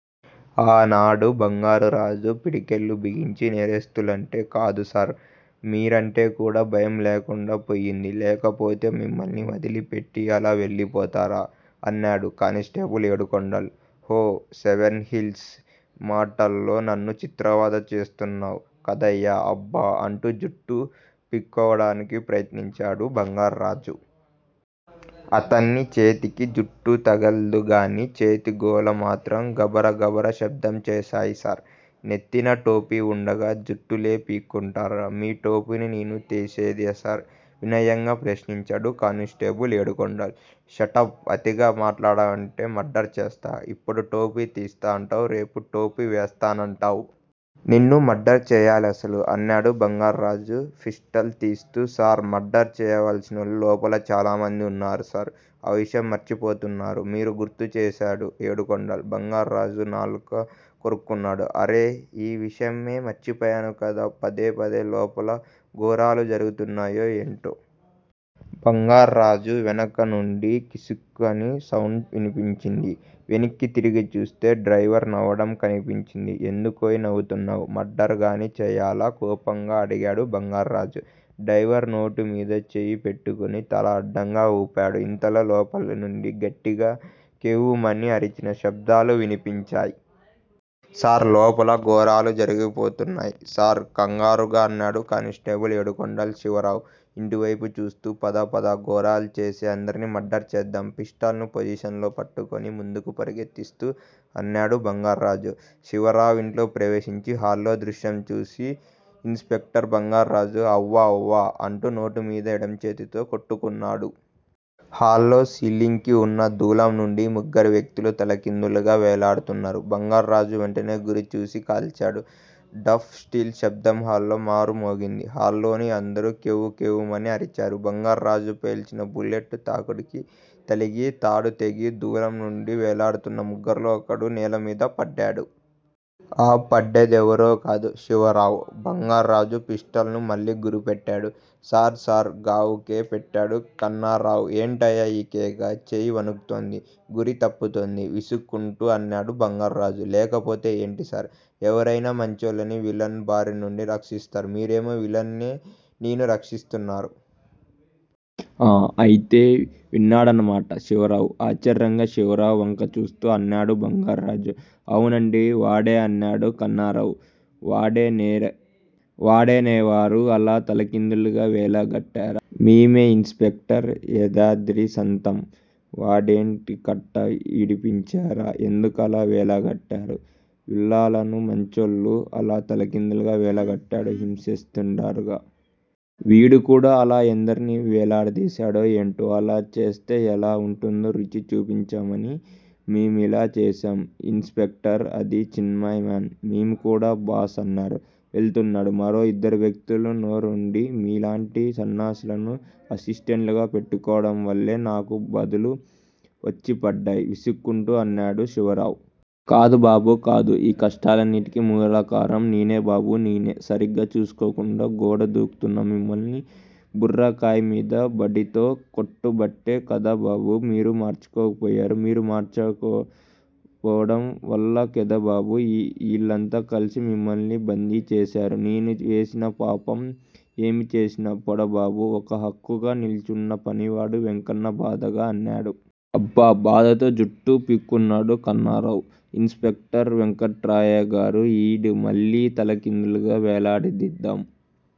అన్నాడు బంగార్రాజు పిడికిళ్ళు బిగించి. నేరస్తులంటేనే కాదుసార్ మీరంటే కూడా భయంలేకుండా పోయింది. లేకపోతే మిమ్మల్ని వదిలిపెట్టి అలా వెళ్ళిపోతారా?! అన్నాడు constable Edukondalu. Oh seven hills! ని మాటల్తో నన్ను చిత్రవధ చేస్తున్నావు కదయ్యా అబ్బా! అంటూ జుట్టు పిక్కోడానికి ప్రయత్నించాడు బంగార్రాజు. అతని చేతికి జుట్టు తగల్లెదుగాని చేతిగోళ్ళు మాత్రం గబరగబారా శబ్దం చేశాయి. సార్! నెత్తిన టోపీ వుండగా జుట్టేలా పిక్కుంటారు? మీ టోపిని నేను తేసేదా సార్? వినయంగా ప్రశ్నించాడు కానిస్టేబుల్ ఏడుకొండలు. షటప్ అతిగా మాట్లాడావంటే మర్డరు చేస్తా. ఇప్పుడు టోపీ తీస్తా నంటావ్ రేపు టోపీ వేస్తానని అంటావ్. నిన్ను మర్డర్ చేయ్యలసలు అన్నాడు బంగార్రాజు పిస్టల్ తీస్తూ. సర్! మర్డర్ చెయ్యాల్సినోళ్ళు లోపల చాలామంది వున్నారు సార్ ఆ విషయం మార్చిపోతున్నారు మీరు గుర్తు చేశాడు ఏడుకొండలు. బంగార్రాజు నాలుక కొరుక్కున్నాడు. అర్రే ఆ విషయమే మర్చిపోయాను కదూ? పదపద లోపలేం ఘోరాలు జరిగిపోతున్నాయో ఎంటో?! బంగార్రాజు వెనుకనుండి కిసుక్కున సౌండు వినిపించింది. వెనక్కి తిరిగి చూస్తే డ్రైవరు నవ్వడం కనిపించింది. ఎందుకోయ్ నవ్వుతున్నావ్? మర్డరుగాని చెయ్యలా? కోపంగా అడిగాడు బంగార్రాజు. డ్రైవరు నోటి మీద చెయ్యి పెట్టుకుని తల అడ్డంగా ఊపాడు. ఇంతలో లోపలి నుండి గట్టిగా కెవ్వుమని అరిచిన శబ్దాలు వినిపించాయి. సార్! లోపల ఘోరాలు జరిగిపోతున్నాయి సార్ కంగారుగా అన్నాడు కానిస్టేబులు ఏడుకొండలు శివరావు ఇంటివ్తెపు చూస్తూ. పదపద ఘోరాలు చేసే అందర్నీ మర్డరు చేద్దాం పిస్టల్ ని పొజిషన్ లో పట్టుకొని ముందుకు పరుగుతిస్తూ అన్నాడు బంగార్రాజు. శివరావు ఇంట్లోకి ప్రవేశించి హాల్లోకి దృశ్యం చూసిన ఇన్ స్పెక్టర్ బంగార్రాజు హవ్వ వ్వ వ్వ అంటూ నోటిమీద ఎడమచేత్తో కొట్టుకున్నాడు. హలో సీలింగ్ కి ఉన్న దూలం నుండి ముగ్గురు వ్యక్తులు తలకిందులుగా వేళ్ళాడుతున్నారు. బంగార్రాజు వెంటనే గురిచూసి కాల్చాడు. ఢాం పిస్టల్ శబ్దం హల్లో మారు మోగింది. హాల్లోని అందరూ కెవ్వుకెవ్వుమని అరిచారు. బంగార్రాజు పేల్చినా బుల్లెట్ తాడుకి తగిలి తాడుతెగి దూలం నుండి వేళ్ళాడుతున్న ముగ్గురిలో ఒకడు నేలమీద పడ్డాడు. ఆ పడేందేవరో కాదు. శివరావు!! బంగార్రాజు పిస్టల్ ని మళ్ళి గురిపెట్టాడు. సార్ సార్ గావుకేక పెట్టాడు కన్నారావు. ఏంటయ్యా ఆ కేక? చెయ్యి వణుకుతూంది. గురి తప్పతుంది విసుక్కుంటూ అన్నాడు బంగార్రాజు. లేకపోతే ఏంటిసార్? ఎవరయినా మంచోళ్ళని విలన్ బారి నుండి రక్షిస్తారు. మీరేమో విలన్ నే రక్షిస్తున్నారు!! ఆ! అయితే విడేనన్నమాట శివరావు? ఆశ్చర్యంగా శివరావు వంక చూస్తూ అన్నాడు బంగార్రాజు. అవునండి వాడే అన్నాడు కన్నారావు. వాడినేవారు అలా తలకిందులుగా వెళ్లాడగాట్టేరు? మేమే ఇన్స్ పెక్టర్! మాయదారి సంత!! వాదినేండుకట్టా విడిపించారు?? ఎందుకలా వేళ్ళాడగట్టారు? విలన్లు మంచోళ్ళని అలా తలకిందులుగా వెళ్ళాడగట్టి హింసపెడ్తారుగా? వీడు కూడా అలా ఎందర్ని వేళ్ళాడదిశాడో ఎంటో?! అలా చేస్తే ఎలా వుంటుందో రుచి చూపించుదామని మేమలా చేశాం ఇన్స్ పెక్టర్ అంది చిన్నమ్మాయ్. మేం కూడా బాస్!! అన్నారు వెళ్లాడ్తున్న మరో ఇద్దరు వ్యక్తులు. నోర్ముయ్యండి. మీలాంటి సన్నాసులని అసిస్టెంట్లులుగా పెట్టుకోవడం వాళ్ళే నాకి బాదలు వచ్చిపడ్డాయ్ విసుక్కుంటూ అన్నాడు శివరావు. కాదుబాబూ కాదు! ఈ కష్టాలన్నింటికీ మూలకారణం నేనే బాబూ నేను. సరిగా చూసుకోకుండా గోడదూకుతున్న మిమ్మల్ని బుర్రకాయ్ మీద బడితో కొట్టబట్టే కదబాబూ మీరు మూర్చపో పోయారు? మీరు మూర్చపోడం వల్లెకదబాబూ ఈళ్ళంతా కలసి మిమ్మల్ని బందించేశారు నేను సేసిన పాపం ఏం చేసినా పోడుబాబూ ఓ పక్కగా నిల్చున్న పనివాడు వెంకన్న బాధగా అన్నాడు. అబ్బా! బాధతో జుట్టు పిక్కున్నాడు కన్నారావు. ఇన్స్ పెక్టరయ్యగారూ ఈడ్ని మళ్ళి తలకిందలుగా వెళ్లాడదిద్దాం